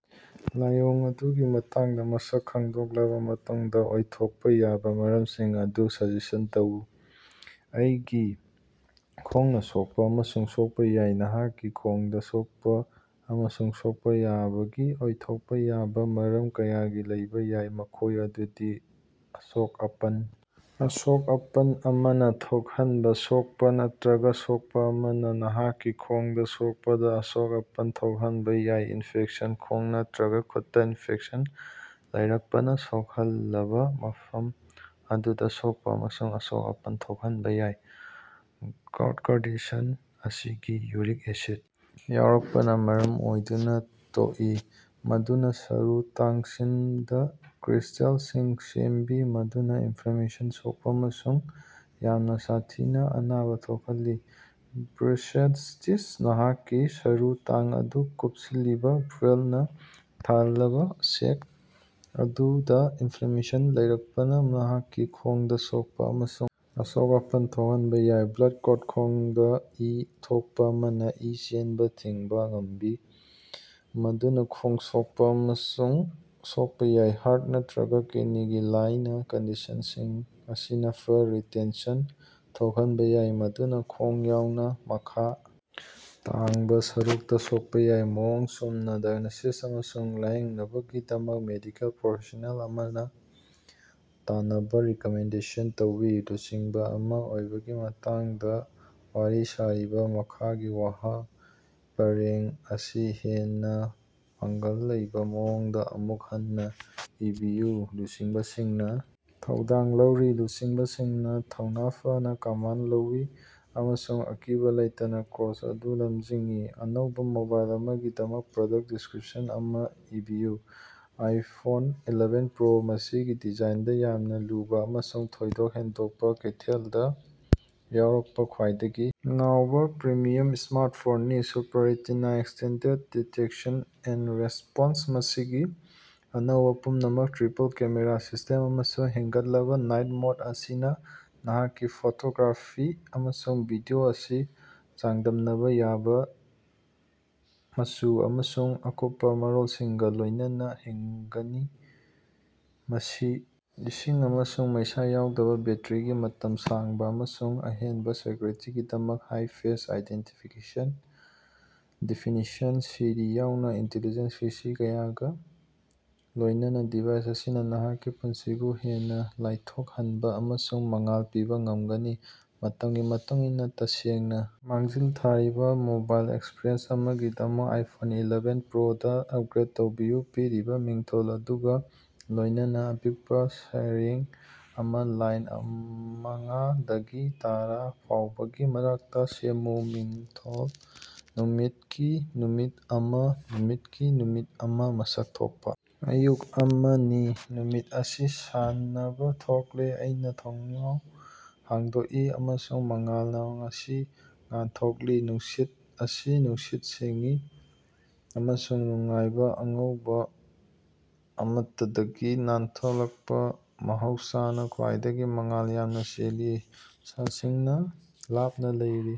ꯂꯥꯏꯑꯣꯡ ꯑꯗꯨꯒꯤ ꯃꯇꯥꯡꯗ ꯃꯁꯛ ꯈꯪꯗꯣꯛꯂꯕ ꯃꯇꯨꯡꯗ, ꯑꯣꯏꯊꯣꯛꯄ ꯌꯥꯕ ꯃꯔꯝꯁꯤꯡ ꯑꯗꯨ ꯁꯖꯦꯁꯟ ꯇꯧ꯫ ꯑꯩꯒꯤ ꯈꯣꯡꯅ ꯁꯣꯛꯄ ꯑꯃꯁꯨꯡ ꯁꯣꯛꯄ ꯌꯥꯏ꯫ ꯅꯍꯥꯛꯀꯤ ꯈꯣꯡꯗ ꯁꯣꯛꯄ ꯑꯃꯁꯨꯡ ꯁꯣꯛꯄ ꯌꯥꯕꯒꯤ ꯑꯣꯏꯊꯣꯛꯄ ꯌꯥꯕ ꯃꯔꯝ ꯀꯌꯥ ꯂꯩꯕ ꯌꯥꯏ, ꯃꯈꯣꯏ ꯑꯗꯨꯗꯤ- ꯑꯁꯣꯛ-ꯑꯄꯟ: ꯑꯁꯣꯛ-ꯑꯄꯟ ꯑꯃꯅ ꯊꯣꯛꯍꯟꯕ ꯁꯣꯛꯄ ꯅꯠꯇ꯭ꯔꯒ ꯁꯣꯛꯄ ꯑꯃꯅ ꯅꯍꯥꯛꯀꯤ ꯈꯣꯡꯗ ꯁꯣꯀꯄꯗ ꯑꯁꯣꯛ-ꯑꯄꯟ ꯊꯣꯛꯍꯟꯕ ꯌꯥꯏ꯫ ꯏꯟꯐꯦꯛꯁꯟ: ꯈꯣꯡ ꯅꯠꯇ꯭ꯔꯒ ꯈꯨꯠꯇ ꯏꯟꯐꯦꯛꯁꯟ ꯂꯩꯔꯛꯄꯅ ꯁꯣꯛꯍꯜꯂꯕ ꯃꯐꯝ ꯑꯗꯨꯗ ꯁꯣꯛꯄ ꯑꯃꯁꯨꯡ ꯑꯁꯣꯛ-ꯑꯄꯟ ꯊꯣꯛꯍꯟꯕ ꯌꯥꯏ꯫ ꯒꯥꯎꯠ: ꯀꯟꯗꯤꯁꯟ ꯑꯁꯤ ꯏꯗ ꯌꯨꯔꯤꯛ ꯑꯦꯁꯤꯗ ꯌꯥꯎꯔꯛꯄꯅ ꯃꯔꯝ ꯑꯣꯏꯗꯨꯅ ꯊꯣꯛꯏ, ꯃꯗꯨꯅ ꯁꯔꯨ ꯇꯥꯡꯁꯤꯡꯗ ꯀ꯭ꯔꯤꯁꯇꯦꯜꯁꯤꯡ ꯁꯦꯝꯃꯤ, ꯃꯗꯨꯅ ꯏꯟꯐ꯭ꯂꯦꯃꯦꯁꯟ, ꯁꯣꯛꯄ ꯑꯃꯁꯨꯡ ꯌꯥꯝꯅ ꯁꯥꯊꯤꯅ ꯑꯅꯥꯕ ꯊꯣꯛꯍꯜꯂꯤ꯫ ꯕꯔꯁꯥꯏꯇꯤꯁ: ꯅꯍꯥꯛꯀꯤ ꯁꯔꯨ ꯇꯥꯡ ꯑꯗꯨ ꯀꯨꯞꯁꯤꯜꯂꯤꯕ ꯐ꯭ꯂꯨꯏꯗꯅ ꯊꯜꯂꯕ ꯁꯦꯛ ꯑꯗꯨꯗ ꯏꯅꯐ꯭ꯂꯦꯃꯦꯁꯟ ꯂꯩꯔꯛꯄꯅ ꯅꯍꯥꯛꯀꯤ ꯈꯣꯡꯗ ꯁꯣꯛꯄ ꯑꯃꯁꯨꯡ ꯑꯁꯣꯛ-ꯑꯄꯟ ꯊꯣꯛꯍꯟꯕ ꯌꯥꯏ꯫ ꯕ꯭ꯂꯗ ꯀ꯭ꯂꯣꯠ: ꯈꯣꯡꯗ ꯏ ꯊꯣꯛꯄ ꯑꯃꯅ ꯏ ꯆꯦꯟꯕ ꯊꯤꯡꯕ ꯉꯝꯃꯤ, ꯃꯗꯨꯅ ꯈꯣꯡ ꯁꯣꯛꯄ ꯑꯃꯁꯨꯡ ꯁꯣꯛꯄ ꯌꯥꯏ꯫ ꯍꯥꯔꯠ ꯅꯠꯇ꯭ꯔꯒ ꯀꯤꯗꯅꯤꯒꯤ ꯂꯥꯏꯅꯥ: ꯀꯟꯗꯤꯁꯟꯁꯤꯡ ꯑꯁꯤꯅ ꯐ꯭ꯂꯨꯏꯗ ꯔꯤꯇꯦꯟꯁꯟ ꯊꯣꯛꯍꯟꯕ ꯌꯥꯏ, ꯃꯗꯨꯅ ꯈꯣꯡ ꯌꯥꯎꯅ ꯃꯈ ꯊꯪꯕ ꯁꯔꯨꯛꯇ ꯁꯣꯛꯄ ꯌꯥꯏ꯫ ꯃꯑꯣꯡ ꯆꯨꯝꯅ ꯗꯥꯏꯒꯅꯣꯁꯤꯁ ꯑꯃꯁꯨꯡ ꯂꯥꯏꯌꯦꯡꯅꯕꯒꯤꯗꯃꯛ ꯃꯦꯗꯤꯀꯦꯜ ꯄ꯭ꯔꯣꯐꯦꯁꯅꯦꯜ ꯑꯃꯒ ꯇꯥꯟꯅꯅꯕ ꯔꯦꯀꯃꯦꯟꯗ ꯇꯧꯏ꯫ ꯂꯨꯆꯤꯡꯕ ꯑꯃ ꯑꯣꯏꯕꯒꯤ ꯃꯇꯥꯡꯗ ꯋꯥꯔꯤ ꯁꯥꯔꯤꯕ ꯃꯈꯥꯒꯤ ꯋꯥꯍꯩ ꯄꯔꯦꯡ ꯑꯁꯤ ꯍꯦꯟꯅ ꯄꯥꯡꯒꯜ ꯂꯩꯕ ꯃꯑꯣꯡꯗ ꯑꯃꯨꯛ ꯍꯟꯅ ꯏꯕꯤꯌꯨ꯫ ꯂꯨꯆꯤꯡꯕꯁꯤꯡꯅ ꯊꯧꯗꯥꯡ ꯂꯧꯔꯤ꯫ ꯂꯨꯆꯤꯡꯕꯁꯤꯡꯅ ꯊꯧꯅꯥ ꯐꯅ ꯀꯝꯃꯟ ꯂꯧꯏ ꯑꯃꯁꯨꯡ ꯑꯀꯤꯕ ꯂꯩꯇꯅ ꯀꯣꯔꯁ ꯑꯗꯨ ꯂꯝꯖꯤꯡꯏ꯫ ꯑꯅꯧꯕ ꯃꯣꯕꯥꯏꯜ ꯑꯃꯒꯤꯗꯃꯛ ꯄ꯭ꯔꯗꯛ ꯗꯤꯁꯀ꯭ꯔꯤꯞꯁꯟ ꯑꯃ ꯏꯕꯤꯌꯨ꯫ ꯑꯥꯏꯐꯣꯟ ꯑꯦꯂꯦꯕꯦꯟ ꯄ꯭ꯔꯣ, ꯃꯁꯤꯒꯤ ꯗꯤꯖꯥꯏꯟꯗ ꯌꯥꯝꯅ ꯂꯨꯕ ꯑꯃꯁꯨꯡ ꯊꯣꯏꯗꯣꯛ ꯍꯦꯟꯗꯣꯛꯄ, ꯀꯩꯊꯦꯜꯗ ꯌꯧꯔꯛꯄ ꯈ꯭ꯋꯥꯏꯗꯒꯤ ꯅꯧꯕ ꯄ꯭ꯔꯤꯃꯤꯌꯝ ꯁ꯭ꯃꯥꯔꯠꯐꯣꯟꯅꯤ꯫ Super retina extended detection and response ꯃꯁꯤꯒꯤ ꯑꯅꯧꯕ ꯄꯨꯝꯅꯃꯛ ꯇ꯭ꯔꯤꯄꯜ-ꯀꯦꯃꯦꯔꯥ ꯁꯤꯁ꯭ꯇꯦꯝ ꯑꯃꯁꯨꯡ ꯍꯦꯟꯒꯠꯂꯕ ꯅꯥꯏꯠ ꯃꯣꯗ ꯑꯁꯤꯅ ꯅꯍꯥꯛꯀꯤ ꯐꯣꯇꯣꯒ꯭ꯔꯥꯐꯤ ꯑꯃꯁꯨꯡ ꯚꯤꯗꯤꯑꯣ ꯑꯁꯤ ꯆꯥꯡꯗꯝꯅꯕ ꯌꯥꯗꯕ ꯃꯆꯨ ꯑꯃꯁꯨꯡ ꯑꯀꯨꯞꯄ ꯃꯔꯣꯜꯁꯤꯡꯒ ꯂꯣꯏꯅꯅ ꯍꯤꯡꯒꯅꯤ꯫ ꯃꯁꯤ ꯏꯁꯤꯡ ꯑꯃꯁꯨꯡ ꯃꯩꯁꯥ ꯌꯥꯎꯗꯕ, ꯕꯦꯠꯇꯔꯤꯒꯤ ꯃꯇꯝ ꯁꯥꯡꯕ, ꯑꯃꯁꯨꯡ ꯑꯍꯦꯟꯕ ꯁꯦꯀ꯭ꯌꯨꯔꯤꯇꯤꯒꯤꯗꯃꯛ ꯍꯥꯏ- ꯐꯦꯁ ꯑꯥꯏꯗꯦꯟꯇꯤꯐꯤꯀꯦꯁꯟ ꯗꯦꯐꯤꯅꯤꯁꯟꯁꯤꯔꯤ ꯌꯥꯎꯅ ꯏꯟꯇꯦꯂꯤꯖꯦꯟꯇ ꯐꯤꯆꯔ ꯀꯌꯥꯒ ꯂꯣꯏꯅꯅ ꯗꯤꯚꯥꯏꯁ ꯑꯁꯤꯅ ꯅꯍꯥꯛꯀꯤ ꯄꯨꯟꯁꯤꯕꯨ ꯍꯦꯟꯅ ꯂꯥꯏꯊꯣꯛꯍꯟꯕ ꯑꯃꯁꯨꯡ ꯃꯉꯥꯜ ꯄꯤꯕ ꯉꯝꯒꯅꯤ꯫ ꯃꯇꯝꯒꯤ ꯃꯇꯨꯡ ꯏꯟꯅ ꯇꯁꯦꯡꯅ ꯃꯥꯡꯖꯤꯜ ꯊꯥꯔꯤꯕ ꯃꯣꯕꯥꯏꯜ ꯑꯦꯛꯁꯄꯤꯔꯤꯑꯦꯟꯁ ꯑꯃꯒꯤꯗꯃꯛ ꯑꯥꯏꯐꯣꯟ ꯑꯦꯂꯦꯕꯦꯟ ꯄ꯭ꯔꯣꯗ ꯑꯞꯒ꯭ꯔꯦꯗ ꯇꯧꯕꯤꯌꯨ꯫ ꯄꯤꯔꯤꯕ ꯃꯤꯡꯊꯣꯜ ꯑꯗꯨꯒ ꯂꯣꯏꯅꯅ ꯑꯄꯤꯛꯄ ꯁꯩꯔꯦꯡ ꯑꯃ ꯂꯥꯏꯟ ꯃꯉꯥ ꯗꯒꯤ ꯇꯔꯥ ꯐꯥꯎꯕꯒꯤ ꯃꯔꯛꯇ ꯁꯦꯃꯃꯨ꯫ ꯃꯤꯡꯊꯣꯜ: ꯅꯨꯃꯤꯠꯀꯤ ꯅꯨꯃꯤꯠ ꯑꯃ꯫ ꯅꯨꯃꯤꯠꯀꯤ ꯅꯨꯃꯤꯠ ꯑꯃ ꯃꯁꯛ ꯊꯣꯛꯄ ꯑꯌꯨꯛ ꯑꯃꯅꯤ, ꯅꯨꯃꯤꯠ ꯑꯁꯤ ꯁꯥꯟꯅꯅꯕ ꯊꯣꯛꯂꯦ ꯑꯩꯅ ꯊꯣꯡꯅꯥꯎ ꯍꯥꯡꯗꯣꯛꯏ, ꯑꯃꯁꯨꯡ ꯃꯉꯥꯜꯅ ꯉꯁꯤ ꯉꯥꯟꯊꯣꯛꯂꯤ ꯅꯨꯡꯁꯤꯠ ꯑꯁꯤ ꯅꯨꯡꯁꯤꯠ ꯁꯦꯡꯏ ꯑꯃꯁꯨꯡ ꯅꯨꯡꯉꯥꯏꯕ, ꯑꯉꯧꯕ ꯑꯃꯠꯇꯗꯒꯤ ꯅꯥꯟꯊꯣꯛꯂꯕ ꯃꯍꯧꯁꯥꯅ ꯈ꯭ꯋꯥꯏꯗꯒꯤ ꯃꯉꯥꯜ ꯌꯥꯝꯅ ꯆꯦꯜꯂꯤ, ꯁꯥꯁꯤꯡꯅ ꯂꯥꯞꯅ ꯂꯩꯔꯤ꯫